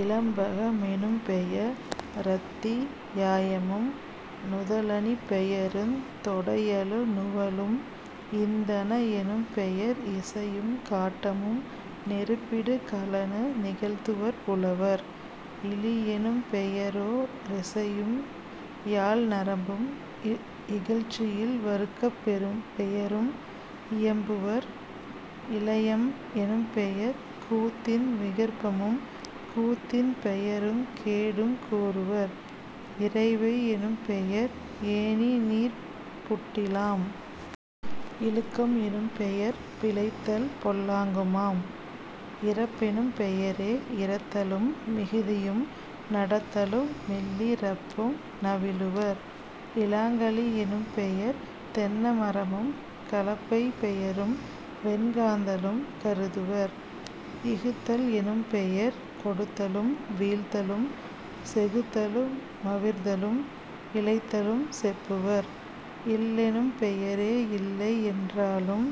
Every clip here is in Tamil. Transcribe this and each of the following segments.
இலம்பக மெனும்பெய ரத்தி யாயமும் நுதலணிப் பெயருந் தொடையலு நுவலும்..... இந்தனம் எனும்பெயர் இசையும் காட்டமும் நெருப்பிடு கலனு நிகழ்த்துவர் புலவர்..... இளியெனும் பெயரோ ரிசையும் யாழ்நரம்பும் இகழ்ச்சியில் வருக்கப் பெயரும் இயம்புவர்..... இலையம் எனும்பெயர் கூத்தின் விகற்பமும் கூத்தின் பெயருங் கேடுங் கூறுவர்..... இறைவை யெனும்பெயர் ஏணிநீர்ப் புட்டிலாம்..... இழுக்கம் எனும்பெயர் பிழைத்தல் பொல்லாங்குமாம்..... இறப்பெனும் பெயரே யிறத்தலும் மிகுதியும் நடத்தலு மில்லி றப்பும் நவிலுவர்..... இலாங்கலி யெனும்பெயர் தென்ன மரமும் கலப்பைப் பெயரும் வெண்காந்தளும் கருதுவர்..... இகுத்தல் எனும்பெயர் கொடுத்தலும் வீழ்த்தலும் செகுத்தலு மவிர்தலும் இளைத்தலும் செப்புவர்..... இல்லெனும் பெயரே யில்லை யென்றாலும்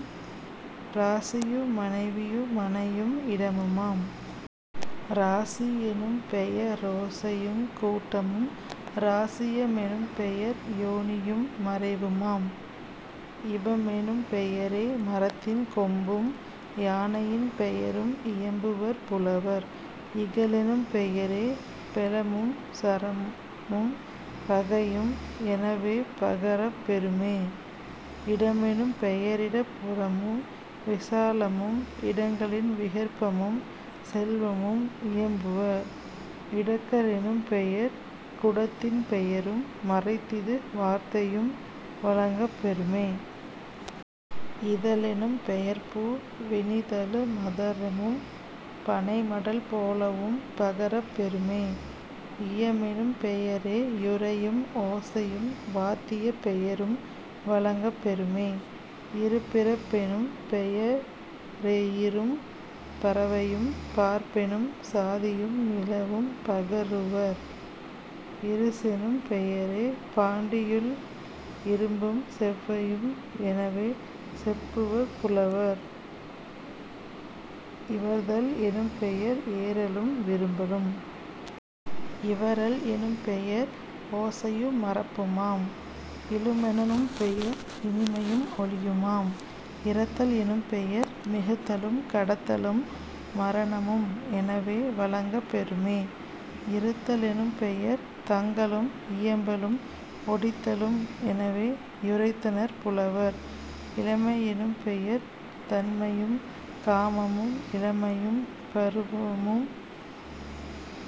இராசியு மனைவியு மனையும் இடமுமாம்..... இராசி யெனும்பெய ரோசையுங் கூட்டமும்..... இராசிய மெனும்பெயர் யோனியும் மறைவுமாம்..... இபமெனும் பெயரே மரத்தின் கொம்பும்। யானையின் பெயரும் இயம்புவர் புலவர்..... இகலெனும் பெயரே பெலமும் சரமும் பகையும் எனவே பகரப் பெறுமே..... இடமெனும் பெயரிடப் புறமும் விசாலமும் இடங்களின் விகற்பமும் செல்வமும் இயம்புவர்..... இடக்க ரெனும்பெயர் குடத்தின் பெயரும் மறைத்திடு வார்த்தையும் வழங்கப் பெறுமே..... இதழெனும் பெயர்பூ வினிதழு மதரமும் பனைமடல் போலவும் பகரப் பெறுமே..... இயமெனும் பெயரே யுரையும் ஓசையும் வாத்தியப் பெயரும் வழங்கப் பெறுமே..... இருபிறப் பெனும்பெய ரெயிறும் பறவையும் பார்ப்பெனும் சாதியும் நிலவும் பகருவர்..... இருசெனும் பெயரே பண்டியுள் இரும்பும் செவ்வையும் எனவே செப்புவர் புலவர்..... இவர்தல் எனும்பெயர் ஏறலும் விரும்பலும்..... இவறல் எனும்பெயர் ஓசையு மறப்புமாம்..... இழுமென லெனும்பெயர் இனிமையும் ஒலியுமாம்..... இறத்தல் எனும்பெயர் மிகுத்தலும் கடத்தலும் மரணமும் எனவே வழங்கப் பெறுமே..... இறுத்த லெனும்பெயர் தங்கலும் இயம்பலும் ஒடித்தலும் எனவே யுரைத்தனர் புலவர்..... இளமை யெனும்பெயர் தண்மையும் காமமும் இளமையின் பருவமு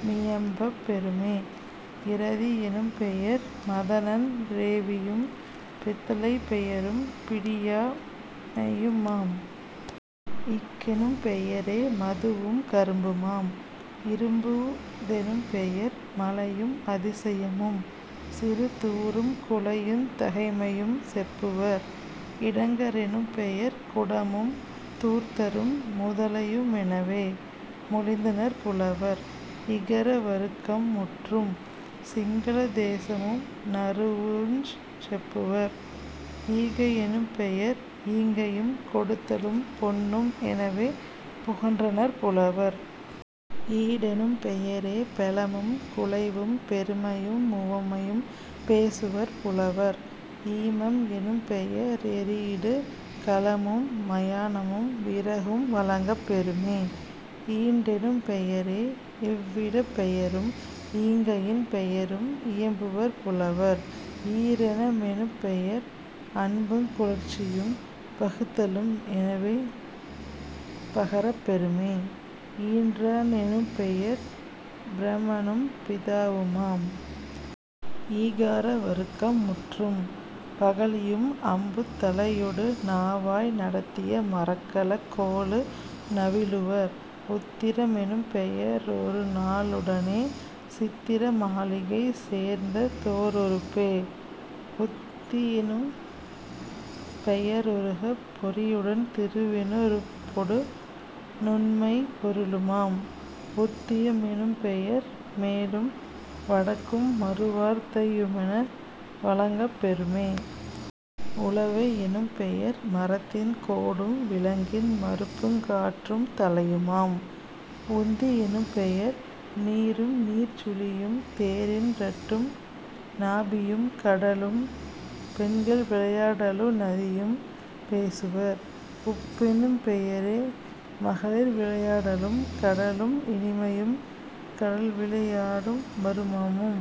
மியம்பப் பெறுமே..... இரதி யெனும்பெயர் மதனன் றேவியும் பித்தளைப் பெயரும் பிடியா னையுமாம்..... இக்கெனும் பெயரே மதுவும் கரும்புமாம்..... இறும்பூ தெனும்பெயர் மலையும் அதிசயமும் சிறுதூறும் குழையுந் தகைமையும் செப்புவர்..... இடங்க ரெனும்பெயர் குடமும் தூர்த்தரும் முதலையு மெனவே மொழிந்தனர் புலவர்..... இகர வருக்கம் முற்றும். சிங்கள தேசமு நறவுஞ் செப்புவர்..... ஈகை யெனும்பெயர் ஈங்கையும் கொடுத்தலும் பொன்னும் எனவே புகன்றனர் புலவர்..... ஈடெனும் பெயரே பெலமும் குழைவும் பெருமையு முவமையும் பேசுவர் புலவர்..... ஈமம் எனும்பெய ரெரியிடு கலனும் மயானமும் விறகும் வழங்கப் பெறுமே..... ஈண்டெனும் பெயரே யிவ்விடப் பெயரும் ஈங்கையின் பெயரும் இயம்புவர் புலவர்..... ஈர மெனும்பெயர் அன்புங் குளிர்ச்சியும் பகுத்தலும் எனவே பகரப் பெறுமே..... ஈன்றா னெனும்பெயர் பிரமனும் பிதாவுமாம்..... ஈகார வருக்கம் முற்றும். பகழியும் அம்புத் தலையொடு நாவாய் நடத்திய மரக்கலக் கோலு நவிலுவர்..... உத்திர மெனும்பெய ரொருநா ளுடனே சித்திர மாளிகை சேர்ந்த தோருறுப்பே..... உத்தி யெனும் பெய ருரகப் பொறியுடன் திருவினு றுப்பொடு நுண்மைப் பொருளுமாம்..... உத்திர மெனும்பெயர் மேலும் வடக்கும் மறுவார்த் தையுமென வழங்கப்பெறுமே..... உலவை யெனும்பெயர் மரத்தின் கோடும் விலங்கின் மருப்புங் காற்றுந் தழையுமாம்..... உந்தி யெனும்பெயர் நீரும்நீர்ச் சுழியும் தேரின் றட்டும் நாபியும் கடலும் பெண்கள் விளையாடலு நதியும் பேசுவர்..... உப்பெனும் பெயரே மகளிர் விளையாடலும் கடலும் இனிமையும் கடல்விளையாடு வருமமும்...